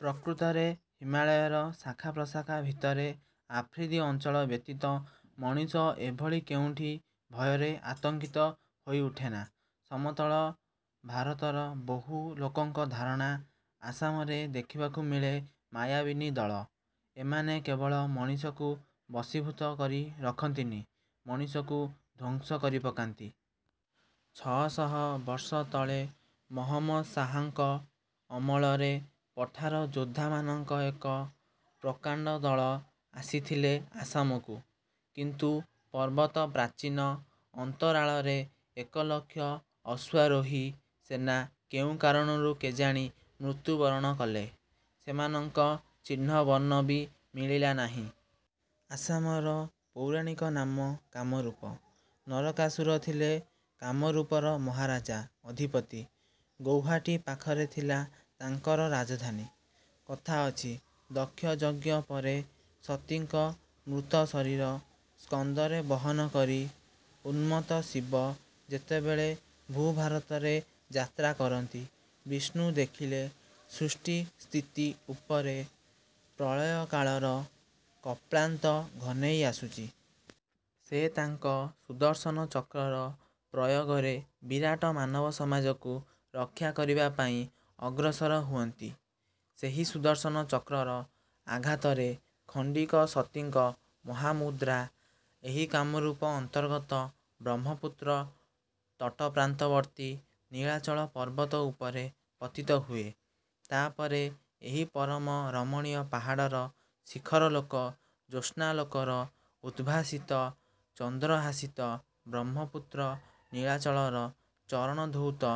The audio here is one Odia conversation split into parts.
ପ୍ରକୃତରେ ହିମାଳୟର ଶାଖାପ୍ରଶାଖା ଭିତରେ ଆଫ୍ରିଦୀ ଅଞ୍ଚଳ ବ୍ୟତୀତ ମଣିଷ ଏଭଳି କେଉଁଠି ଭୟରେ ଆତଙ୍କିତ ହୋଇ ଉଠେନା। ସମତଳ ଭାରତର ବହୁ ଲୋକଙ୍କ ଧାରଣା, ଆସାମରେ ଦେଖିବାକୁ ମିଳେ ମାୟାବିନୀ ଦଳ। ଏମାନେ କେବଳ ମଣିଷକୁ ବଶୀଭୂତ କରି ରଖନ୍ତିନି, ମଣିଷକୁ ଧ୍ୱସଂ କରିପକାନ୍ତି। ଛଅ ଶହ ବର୍ଷ ତଳେ ମହମ୍ମଦ ସାହାଙ୍କ ଅମଳରେ ପଠାର ଯୋଦ୍ଧାମାନଙ୍କ ଏକ ପ୍ରକାଣ୍ଡ ଦଳ ଆସିଥିଲେ ଆସାମକୁ, କିନ୍ତୁ ପର୍ବତ ପ୍ରାଚୀନ ଅନ୍ତରାଳରେ ଏକ ଲକ୍ଷ ଅଶ୍ୱାରୋହୀ ସେନା କେଉଁ କାରଣରୁ କେଜାଣି ମୃତ୍ୟୁ ବରଣ କଲେ, ସେମାନଙ୍କ ଚିହ୍ନ ବର୍ଣ୍ଣ ବି ମିଳିଲା ନାହିଁ। ଆସାମର ପୌରାଣିକ ନାମ କାମରୂପ। ନରକାସୁର ଥିଲେ କାମରୂପର ମହାରାଜା, ଅଧିପତି। ଗୌହାଟୀ ପାଖରେ ଥିଲା ତାଙ୍କର ରାଜଧାନୀ। କଥା ଅଛି, ଦକ୍ଷଯଜ୍ଞ ପରେ ସତୀଙ୍କ ମୃତଶରୀର ସ୍କନ୍ଧରେ ବହନକରି ଉନ୍ମତ୍ତ ଶିବ ଯେତେବେଳେ ଭୂଭାରତରେ ଯାତ୍ରା କରନ୍ତି, ବିଷ୍ଣୁ ଦେଖିଲେ ସୃଷ୍ଟି ସ୍ଥିତି ଉପରେ ପ୍ରଳୟ କାଳର କଳ୍ପାନ୍ତ ଘନେଇ ଆସୁଚି। ସେ ତାଙ୍କ ସୁଦର୍ଶନ ଚକ୍ରର ପ୍ରୟୋଗରେ ବିରାଟ ମାନବସମାଜକୁ ରକ୍ଷାକରିବା ପାଇଁ ଅଗ୍ରସର ହୁଅନ୍ତି। ସେହି ସୁଦର୍ଶନ ଚକ୍ରର ଆଘାତରେ ଖଣ୍ଡିକ ସତୀଙ୍କ ମହାମୁଦ୍ରା ଏହି କାମରୂପ ଅନ୍ତର୍ଗତ ବ୍ରହ୍ମପୁତ୍ର ତଟପ୍ରାନ୍ତବର୍ତ୍ତୀ ନୀଳାଚଳ ପର୍ବତ ଉପରେ ପତିତ ହୁଏ। ତା ପରେ ଏହି ପରମ ରମଣୀୟ ପାହାଡ଼ର ଶିଖରଲୋକ ଜ୍ୟୋସ୍ନାଲୋକରେ ଉଦ୍ଭାସିତ, ଚନ୍ଦ୍ରହାସିତ ବ୍ରହ୍ମପୁତ୍ର ନୀଳାଚଳର ଚରଣ ଧୌତ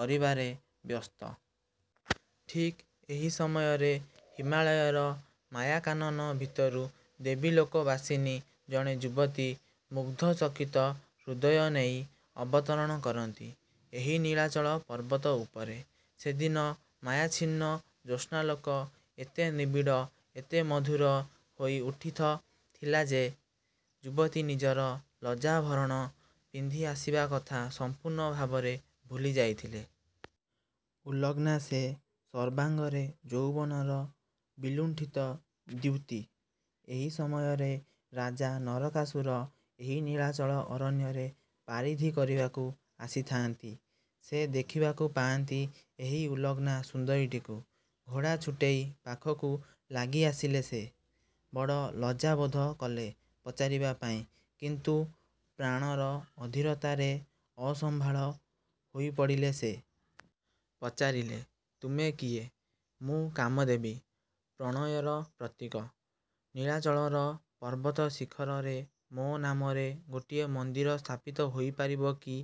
କରିବାରେ ବ୍ୟସ୍ତ। ଠିକ୍ ଏହି ସମୟରେ ହିମାଳୟର ମାୟା କାନନ ଭିତରୁ ଦେବୀଲୋକବାସିନୀ ଜଣେ ଯୁବତୀ ମୁଗ୍ଧଚକିତ ହୃଦୟ ନେଇ ଅବତରଣ କରନ୍ତି ଏହି ନୀଳାଚଳ ପର୍ବତ ଉପରେ। ସେଦିନ ମାୟାଚ୍ଛିନ୍ନ ଜ୍ୟୋସ୍ନାଲୋକ ଏତେ ନିବିଡ଼, ଏତେ ମଧୁର ହୋଇ ଉଠିଥଥିଲା ଯେ,। ଯୁବତୀ ନିଜର ଲଜ୍ଜାଭରଣ ପିନ୍ଧି ଆସିବାକଥା ସମ୍ପୂର୍ଣ୍ଣ ଭାବରେ ଭୁଲି ଯାଇଥିଲେ। ଉଲଗ୍ନା ସେ। ସର୍ବାଙ୍ଗରେ ଯୌବନର ବିଲୁଣ୍ଠିତ ଦ୍ୟୁତି। ଏହି ସମୟରେ ରାଜା ନରକାସୁର ଏହି ନୀଳାଚଳ ଅରଣ୍ୟରେ ପାରିଧି କରିବାକୁ ଆସିଥାଆନ୍ତି। ସେ ଦେଖିବାକୁ ପାଆନ୍ତି ଏହି ଉଲଗ୍ନା ସୁନ୍ଦରୀଟିକୁ। ଘୋଡ଼ା ଛୁଟେଇ ପାଖକୁ ଲାଗିଆସିଲେ ସେ। ବଡ଼ ଲଜ୍ଜାବୋଧ କଲେ ପଚାରିବା ପାଇଁ; କିନ୍ତୁ ପ୍ରାଣର ଅଧୀରତାରେ ଅସମ୍ଭାଳ ହୋଇପଡ଼ିଲେ ସେ। ପଚାରିଲେ-ତୁମେ କିଏ? -ମୁଁ କାମଦେବୀ, ପ୍ରଣୟର ପ୍ରତୀକ। ନୀଳାଚଳର ପର୍ବତଶିଖରରେ ମୋ ନାମରେ ଗୋଟିଏ ମନ୍ଦିର ସ୍ଥାପିତ ହୋଇପାରିବ କି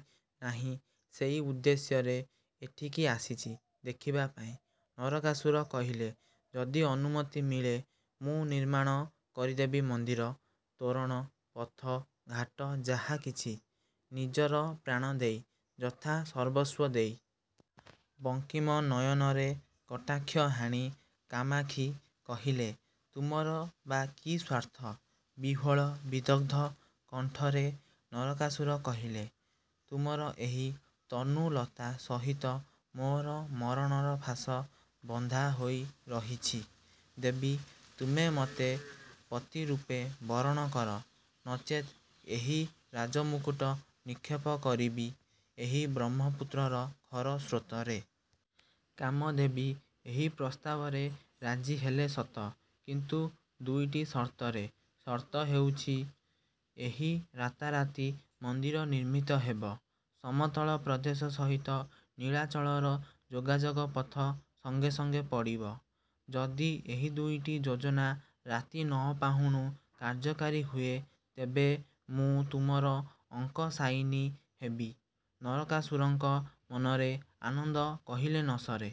ନାହିଁ, ସେଇ ଉଦ୍ଦେଶ୍ୟରେ ଏଠିକି ଆସିଚି ଦେଖିବା ପାଇଁ। ନରକାସୁର କହିଲେ, ଯଦି ଅନୁମତି ମିଳେ, ମୁଁ ନିର୍ମାଣ କରିଦେବି ମନ୍ଦିର, ତୋରଣ, ପଥ, ଘାଟ ଯାହା କିଛି-ନିଜର ପ୍ରାଣ ଦେଇ, ଯଥାସର୍ବସ୍ୱ ଦେଇ। ବଙ୍କିମ ନୟନରେ କଟାକ୍ଷ ହାଣି କାମାକ୍ଷୀ କହିଲେ, ତୁମର ବା କି ସ୍ୱାର୍ଥ? ବିହ୍ୱଳ, ବିଦଗ୍ଧ କଣ୍ଠରେ ନରକାସୁର କହିଲେ, ତୁମର ଏହି ତନୁଲତା ସହିତ ମୋର ମରଣର ଫାଶ ବନ୍ଧା ହୋଇ ରହିଛି। ଦେବି! ତୁମେ ମତେ ପତି ରୂପେ ବରଣ କର, ନଚେତ୍ ଏହି ରାଜମୁକୁଟ ନିକ୍ଷେପ କରିବି ଏହି ବ୍ରହ୍ମପୁତ୍ରର ଖରସ୍ରୋତରେ। କାମଦେବୀ ଏହି ପ୍ରସ୍ତାବରେ ରାଜି ହେଲେ ସତ, କିନ୍ତୁ ଦୁଇଟି ସର୍ତ୍ତରେ। ସର୍ତ୍ତ ହେଉଛି, ଏହି ରାତାରାତି ମନ୍ଦିର ନିର୍ମିତ ହେବ, ସମତଳ ପ୍ରଦେଶ ସହିତ ନୀଳାଚଳର ଯୋଗାଯୋଗ ପଥ ସଙ୍ଗେ ସଙ୍ଗେ ପଡ଼ିବ। ଯଦି ଏହି ଦୁଇଟି ଯୋଜନା ରାତି ନ ପାହୁଣୁ କାର୍ଯ୍ୟକାରୀ ହୁଏ, ତେବେ ମୁଁ ତୁମର ଅଙ୍କଶାୟିନୀ ହେବି। ନରକାସୁରଙ୍କ ମନରେ ଆନନ୍ଦ କହିଲେ ନ ସରେ।